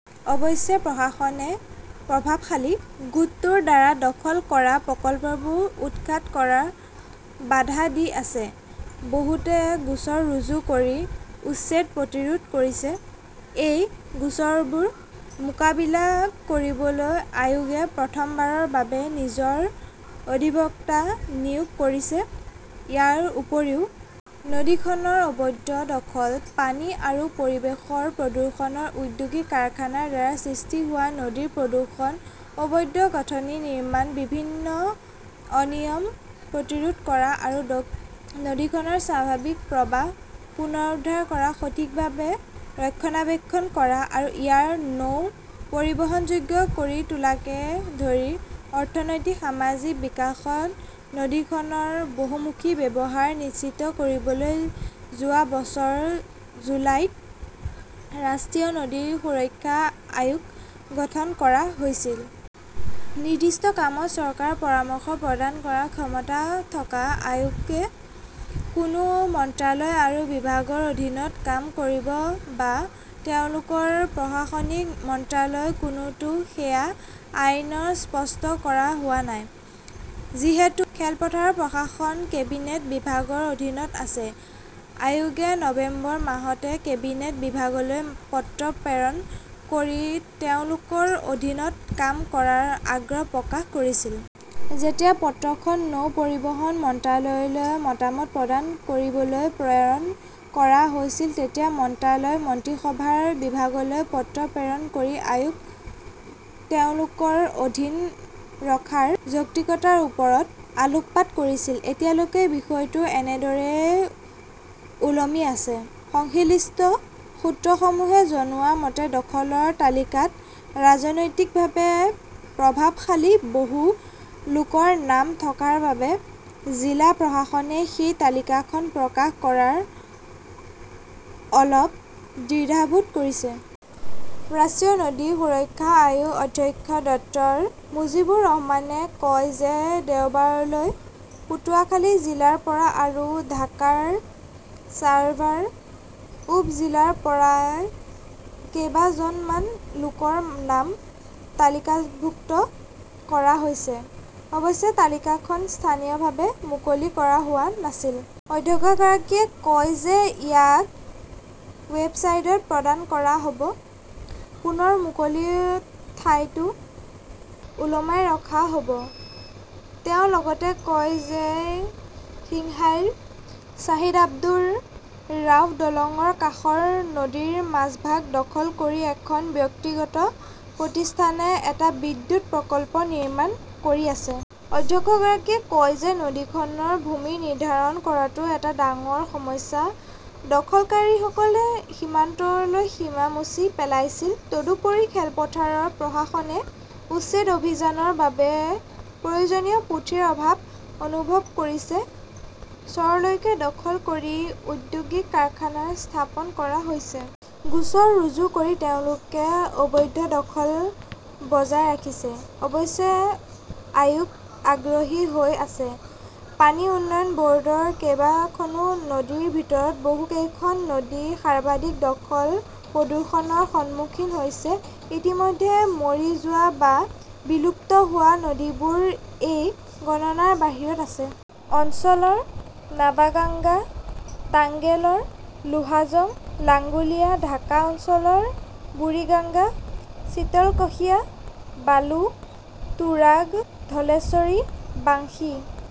অৱশ্যে, প্ৰশাসনে প্ৰভাৱশালী গোটটোৰ দ্বাৰা দখল কৰা প্ৰকল্পবোৰ উৎখাত কৰাত বাধা দি আছে। বহুতে গোচৰ ৰুজু কৰি উচ্ছেদ প্ৰতিৰোধ কৰিছে। এই গোচৰবোৰ মোকাবিলা কৰিবলৈ আয়োগে প্ৰথমবাৰৰ বাবে নিজৰ অধিবক্তা নিয়োগ কৰিছে। ইয়াৰ উপৰিও, নদীখনৰ অবৈধ দখল, পানী আৰু পৰিৱেশৰ প্ৰদূষণ, ঔদ্যোগিক কাৰখানাৰ দ্বাৰা সৃষ্টি হোৱা নদীৰ প্ৰদূষণ, অবৈধ গাঁথনি নিৰ্মাণ, বিভিন্ন অনিয়ম প্ৰতিৰোধ কৰা আৰু নদীখনৰ স্বাভাৱিক প্ৰবাহ পুনৰুদ্ধাৰ কৰা, সঠিকভাৱে ৰক্ষণাবেক্ষণ কৰা আৰু ইয়াক নৌ-পৰিবহণযোগ্য কৰি তোলাকে ধৰি অৰ্থনৈতিক-সামাজিক বিকাশত নদীখনৰ বহুমুখী ব্যৱহাৰ নিশ্চিত কৰিবলৈ যোৱা বছৰ জুলাইত ৰাষ্ট্ৰীয় নদী সুৰক্ষা আয়োগ গঠন কৰা হৈছিল। নিৰ্দিষ্ট কামত চৰকাৰক পৰামৰ্শ প্ৰদান কৰাৰ ক্ষমতা থকা আয়োগে কোনো মন্ত্ৰালয় আৰু বিভাগৰ অধীনত কাম কৰিব বা তেওঁলোকৰ প্ৰশাসনিক মন্ত্ৰালয় কোনটো সেয়া আইনত স্পষ্ট কৰা হোৱা নাই। যিহেতু খেলপথাৰৰ প্ৰশাসন কেবিনেট বিভাগৰ অধীনত আছে, আয়োগে নৱেম্বৰ, মাহতে কেবিনেট বিভাগলৈ পত্ৰ প্ৰেৰণ কৰি তেওঁলোকৰ অধীনত কাম কৰাৰ আগ্ৰহ প্ৰকাশ কৰিছিল। যেতিয়া পত্ৰখন নৌ পৰিবহণ মন্ত্ৰালয়লৈ মতামত প্ৰদান কৰিবলৈ প্ৰেৰণ কৰা হৈছিল, তেতিয়া মন্ত্ৰালয় মন্ত্ৰীসভা বিভাগলৈ পত্ৰ প্ৰেৰণ কৰি আয়োগ তেওঁলোকৰ অধীনত ৰখাৰ যৌক্তিকতাৰ ওপৰত আলোকপাত কৰিছিল। এতিয়ালৈকে বিষয়টো এনেদৰেই ওলমি আছে। সংশ্লিষ্ট সূত্ৰসমূহে জনোৱা মতে, দখলৰ তালিকাত ৰাজনৈতিকভাৱে প্ৰভাৱশালী বহু লোকৰ নাম থকাৰ বাবে জিলা প্ৰশাসনে সেই তালিকাখন প্ৰকাশ কৰা অলপ দ্বিধাবোধ কৰিছে। ৰাষ্ট্ৰীয় নদী সুৰক্ষা আয়োগৰ অধ্যক্ষ ডাঃ মুজিবুৰ ৰহমানে কয় যে দেওবাৰলৈকে পটুৱাখালি জিলাৰ পৰা আৰু ঢাকাৰ ছাভাৰ উপ-জিলাৰ পৰা কেইবা জন মান লোকৰ নাম তালিকাভুক্ত কৰা হৈছে। অৱশ্যে, তালিকাখন স্থানীয়ভাৱে মুকলি কৰা হোৱা নাছিল। অধ্যক্ষগৰাকীয়ে কয় যে ইয়াক ৱেবছাইটত প্ৰদান কৰা হব। পুনৰ মুকলি ঠাইতো ওলমাই ৰখা হব। তেওঁ লগতে কয় যে সিংহাইৰ শ্বাহীদ আব্দুৰ ৰাফ দলংৰ কাষৰ নদীৰ মাজভাগ দখল কৰি এখন ব্যক্তিগত প্ৰতিষ্ঠানে এটা বিদ্যুৎ প্ৰকল্প নিৰ্মাণ কৰি আছে। অধ্যক্ষগৰাকীয়ে কয় যে নদীখনৰ ভূমি নিৰ্ধাৰণ কৰাটো এটা ডাঙৰ সমস্যা। দখলকাৰীসকলে সীমান্তলৈকে সীমা মচি পেলাইছিল। তদুপৰি, খেলপথাৰ প্ৰশাসনে উচ্ছেদ অভিযানৰ বাবে প্ৰয়োজনীয় পুঁজিৰ অভাৱ অনুভৱ কৰিছে। চৰলৈকে দখল কৰি ঔদ্যোগিক কাৰখানা স্থাপন কৰা হৈছে। গোচৰ ৰুজু কৰি তেওঁলোকে অবৈধ দখল বজাই ৰাখিছে। অৱশ্যে আয়োগ আগ্ৰহী হৈ আছে। পানী উন্নয়ন বৰ্ডৰ কেইবা খনো নদীৰ ভিতৰত বহুত কেইখন নদী সৰ্বাধিক দখল-প্ৰদূষণৰ সন্মুখীন হৈছে। ইতিমধ্যে মৰি যোৱা বা বিলুপ্ত হোৱা নদীবোৰ এই গণনাৰ বাহিৰত আছে। অঞ্চলৰ নৱাগাঙ্গা; টাংগেলৰ লোহাজং, লাংগুলিয়া; ঢাকা অঞ্চলৰ বুৰিগঙ্গা, শীতলকশিয়া, বালু, তুৰাগ, ধলেশ্বৰী, বাংশী